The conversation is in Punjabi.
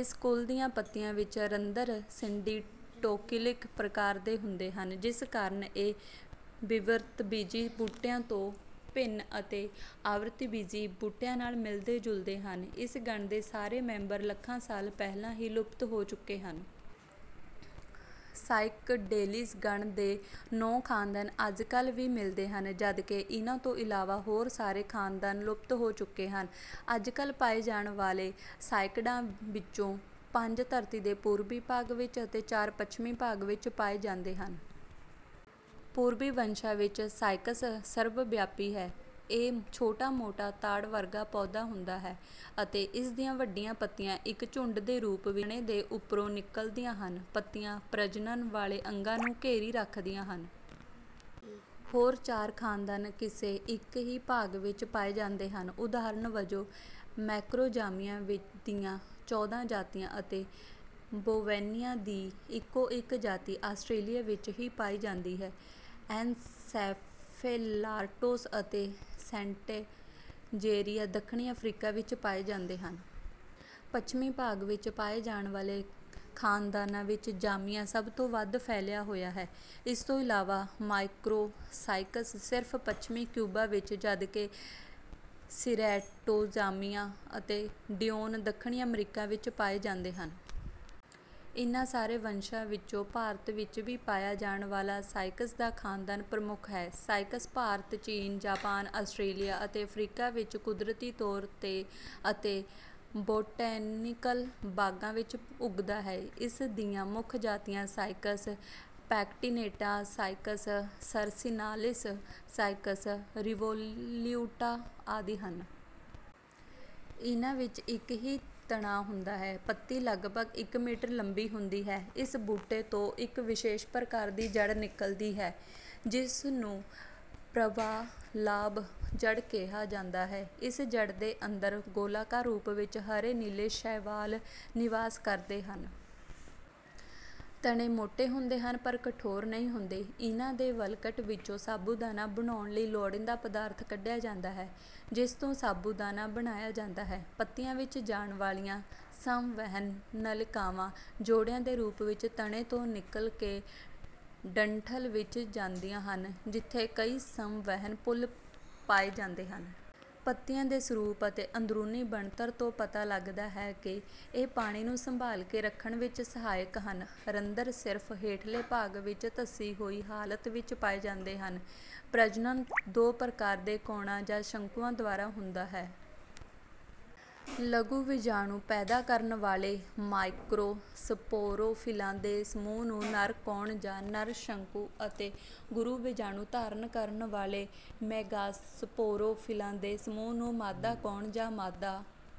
ਇਸ ਕੁਲ ਦੀਆਂ ਪੱਤੀਆਂ ਵਿੱਚ ਰੰਧਰ ਸਿੰਡੀਟੋਕੀਲਿਕ ਪ੍ਰਕਾਰ ਦੇ ਹੁੰਦੇ ਹਨ, ਜਿਸ ਕਾਰਨ ਇਹ ਵਿਵ੍ਰਿਤਬੀਜੀ ਬੂਟਿਆਂ ਤੋਂ ਭਿੰਨ ਅਤੇ ਆਵ੍ਰਿਤਬੀਜੀ ਬੂਟਿਆਂ ਨਾਲ ਮਿਲਦੇ-ਜੁਲਦੇ ਹਨ। ਇਸ ਗਣ ਦੇ ਸਾਰੇ ਮੈਂਬਰ ਲੱਖਾਂ ਸਾਲ ਪਹਿਲਾਂ ਹੀ ਲੁਪਤ ਹੋ ਚੁੱਕੇ ਹਨ। ਸਾਇਕਡੇਲੀਜ਼ ਗਣ ਦੇ ਨੌਂ ਖ਼ਾਨਦਾਨ ਅੱਜਕੱਲ੍ਹ ਵੀ ਮਿਲਦੇ ਹਨ, ਜਦਕਿ ਇਨ੍ਹਾਂ ਤੋਂ ਇਲਾਵਾ ਹੋਰ ਸਾਰੇ ਖ਼ਾਨਦਾਨ ਲੁਪਤ ਹੋ ਚੁੱਕੇ ਹਨ। ਅੱਜਕੱਲ੍ਹ ਪਾਏ ਜਾਣ ਵਾਲੇ ਸਾਇਕਡਾਂ ਵਿੱਚੋਂ ਪੰਜ ਧਰਤੀ ਦੇ ਪੂਰਬੀ ਭਾਗ ਵਿੱਚ ਅਤੇ ਚਾਰ ਪੱਛਮੀ ਭਾਗ ਵਿੱਚ ਪਾਏ ਜਾਂਦੇ ਹਨ। ਪੂਰਬੀ ਵੰਸ਼ਾਂ ਵਿੱਚ ਸਾਇਕਸ ਸਰਵਵਿਆਪੀ ਹੈ। ਇਹ ਛੋਟਾ-ਮੋਟਾ ਤਾੜ ਵਰਗਾ ਪੌਧਾ ਹੁੰਦਾ ਹੈ ਅਤੇ ਇਸ ਦੀਆਂ ਵੱਡੀਆਂ ਪੱਤੀਆਂ ਇੱਕ ਝੁੰਡ ਦੇ ਰੂਪ ਵਿੱਚ ਤਣੇ ਦੇ ਉੱਪਰੋਂ ਨਿਕਲਦੀਆਂ ਹਨ। ਪੱਤੀਆਂ ਪ੍ਰਜਨਨ ਵਾਲੇ ਅੰਗਾਂ ਨੂੰ ਘੇਰੀ ਰੱਖਦੀਆਂ ਹਨ। ਹੋਰ ਚਾਰ ਖ਼ਾਨਦਾਨ ਕਿਸੇ ਇੱਕ ਹੀ ਭਾਗ ਵਿੱਚ ਪਾਏ ਜਾਂਦੇ ਹਨ। ਉਦਾਹਰਨ ਵਜੋਂ, ਮੈਕਰੋਜ਼ਾਮੀਆ ਦੀਆਂ ਚੌਦਾ ਜਾਤੀਆਂ ਅਤੇ ਬੋਵੇਨੀਆ ਦੀ ਇੱਕੋ-ਇੱਕ ਜਾਤੀ ਆਸਟ੍ਰੇਲੀਆ ਵਿੱਚ ਹੀ ਪਾਈ ਜਾਂਦੀ ਹੈ। ਐਨਸੈਫੈਲਾਰਟੋਸ ਅਤੇ ਸਟੈਂਜੇਰੀਆ ਦੱਖਣੀ ਅਫ਼ਰੀਕਾ ਵਿੱਚ ਪਾਏ ਜਾਂਦੇ ਹਨ। ਪੱਛਮੀ ਭਾਗ ਵਿੱਚ ਪਾਏ ਜਾਣ ਵਾਲੇ ਖ਼ਾਨਦਾਨਾਂ ਵਿੱਚ ਜ਼ਾਮੀਆ ਸਭ ਤੋਂ ਵੱਧ ਫੈਲਿਆ ਹੋਇਆ ਹੈ। ਇਸ ਤੋਂ ਇਲਾਵਾ, ਮਾਈਕ੍ਰੋਸਾਇਕਸ ਸਿਰਫ਼ ਪੱਛਮੀ ਕਿਊਬਾ ਵਿੱਚ, ਜਦਕਿ ਸਿਰੈਟੋਜ਼ਾਮੀਆ ਅਤੇ ਡਿਓਨ ਦੱਖਣੀ ਅਮਰੀਕਾ ਵਿੱਚ ਪਾਏ ਜਾਂਦੇ ਹਨ। ਇਨ੍ਹਾਂ ਸਾਰੇ ਵੰਸ਼ਾਂ ਵਿੱਚੋਂ ਭਾਰਤ ਵਿੱਚ ਵੀ ਪਾਇਆ ਜਾਣ ਵਾਲਾ ਸਾਇਕਸ ਦਾ ਖ਼ਾਨਦਾਨ ਪ੍ਰਮੁੱਖ ਹੈ। ਸਾਇਕਸ ਭਾਰਤ, ਚੀਨ, ਜਾਪਾਨ, ਆਸਟ੍ਰੇਲੀਆ ਅਤੇ ਅਫ਼ਰੀਕਾ ਵਿੱਚ ਕੁਦਰਤੀ ਤੌਰ ’ਤੇ ਅਤੇ ਬੋਟੈਨਿਕਲ ਬਾਗਾਂ ਵਿੱਚ ਉੱਗਦਾ ਹੈ। ਇਸ ਦੀਆਂ ਮੁੱਖ ਜਾਤੀਆਂ ਸਾਇਕਸ ਪੈਕਟੀਨੇਟਾ, ਸਾਇਕਸ ਸਰਸਿਨਾਲਿਸ, ਸਾਇਕਸ ਰਿਵੋਲਿਊਟਾ ਆਦਿ ਹਨ। ਇਨ੍ਹਾਂ ਵਿੱਚ ਇੱਕ ਹੀ ਤਣਾ ਹੁੰਦਾ ਹੈ। ਪੱਤੀ ਲਗਭਗ ਇੱਕ ਮੀਟਰ ਲੰਬੀ ਹੁੰਦੀ ਹੈ। ਇਸ ਬੂਟੇ ਤੋਂ ਇੱਕ ਵਿਸ਼ੇਸ਼ ਪ੍ਰਕਾਰ ਦੀ ਜੜ ਨਿਕਲਦੀ ਹੈ, ਜਿਸ ਨੂੰ ਪ੍ਰਵਾਲਾਭ ਜੜ ਕਿਹਾ ਜਾਂਦਾ ਹੈ। ਇਸ ਜੜ ਦੇ ਅੰਦਰ ਗੋਲਾਕਾਰ ਰੂਪ ਵਿੱਚ ਹਰੇ-ਨੀਲੇ ਸ਼ੈਵਾਲ ਨਿਵਾਸ ਕਰਦੇ ਹਨ। ਤਣੇ ਮੋਟੇ ਹੁੰਦੇ ਹਨ, ਪਰ ਕਠੋਰ ਨਹੀਂ ਹੁੰਦੇ। ਇਨ੍ਹਾਂ ਦੇ ਵਲਕਟ ਵਿੱਚੋਂ ਸਾਬੂਦਾਨਾ ਬਣਾਉਣ ਲਈ ਲੋੜੀਂਦਾ ਪਦਾਰਥ ਕੱਢਿਆ ਜਾਂਦਾ ਹੈ, ਜਿਸ ਤੋਂ ਸਾਬੂਦਾਨਾ ਬਣਾਇਆ ਜਾਂਦਾ ਹੈ। ਪੱਤੀਆਂ ਵਿੱਚ ਜਾਣ ਵਾਲੀਆਂ ਸੰਵਹਨ ਨਲਿਕਾਵਾਂ ਜੋੜਿਆਂ ਦੇ ਰੂਪ ਵਿੱਚ ਤਣੇ ਤੋਂ ਨਿਕਲ ਕੇ ਡੰਠਲ ਵਿੱਚ ਜਾਂਦੀਆਂ ਹਨ, ਜਿੱਥੇ ਕਈ ਸੰਵਹਨ ਪੁੱਲ ਪਾਏ ਜਾਂਦੇ ਹਨ। ਪੱਤੀਆਂ ਦੇ ਸਰੂਪ ਅਤੇ ਅੰਦਰੂਨੀ ਬਣਤਰ ਤੋਂ ਪਤਾ ਲੱਗਦਾ ਹੈ ਕਿ ਇਹ ਪਾਣੀ ਨੂੰ ਸੰਭਾਲ ਕੇ ਰੱਖਣ ਵਿੱਚ ਸਹਾਇਕ ਹਨ। ਰੰਧਰ ਸਿਰਫ਼ ਹੇਠਲੇ ਭਾਗ ਵਿੱਚ ਧੱਸੀ ਹੋਈ ਹਾਲਤ ਵਿੱਚ ਪਾਏ ਜਾਂਦੇ ਹਨ। ਪ੍ਰਜਨਨ ਦੋ ਪ੍ਰਕਾਰ ਦੇ ਕੋਣਾਂ ਜਾਂ ਸ਼ੰਕੂਆਂ ਦੁਆਰਾ ਹੁੰਦਾ ਹੈ। ਲਘੂ ਬੀਜਾਣੂ ਪੈਦਾ ਕਰਨ ਵਾਲੇ ਮਾਈਕ੍ਰੋਸਪੋਰੋਫ਼ਿਲਾਂ ਦੇ ਸਮੂਹ ਨੂੰ ਨਰ ਕੋਣ ਜਾਂ ਨਰ ਸ਼ੰਕੂ ਅਤੇ ਗੁਰੂ ਬੀਜਾਣੂ ਧਾਰਨ ਕਰਨ ਵਾਲੇ ਮੈਗਾਸਪੋਰੋਫ਼ਿਲਾਂ ਦੇ ਸਮੂਹ ਨੂੰ ਮਾਦਾ ਕੋਣ ਜਾਂ ਮਾਦਾ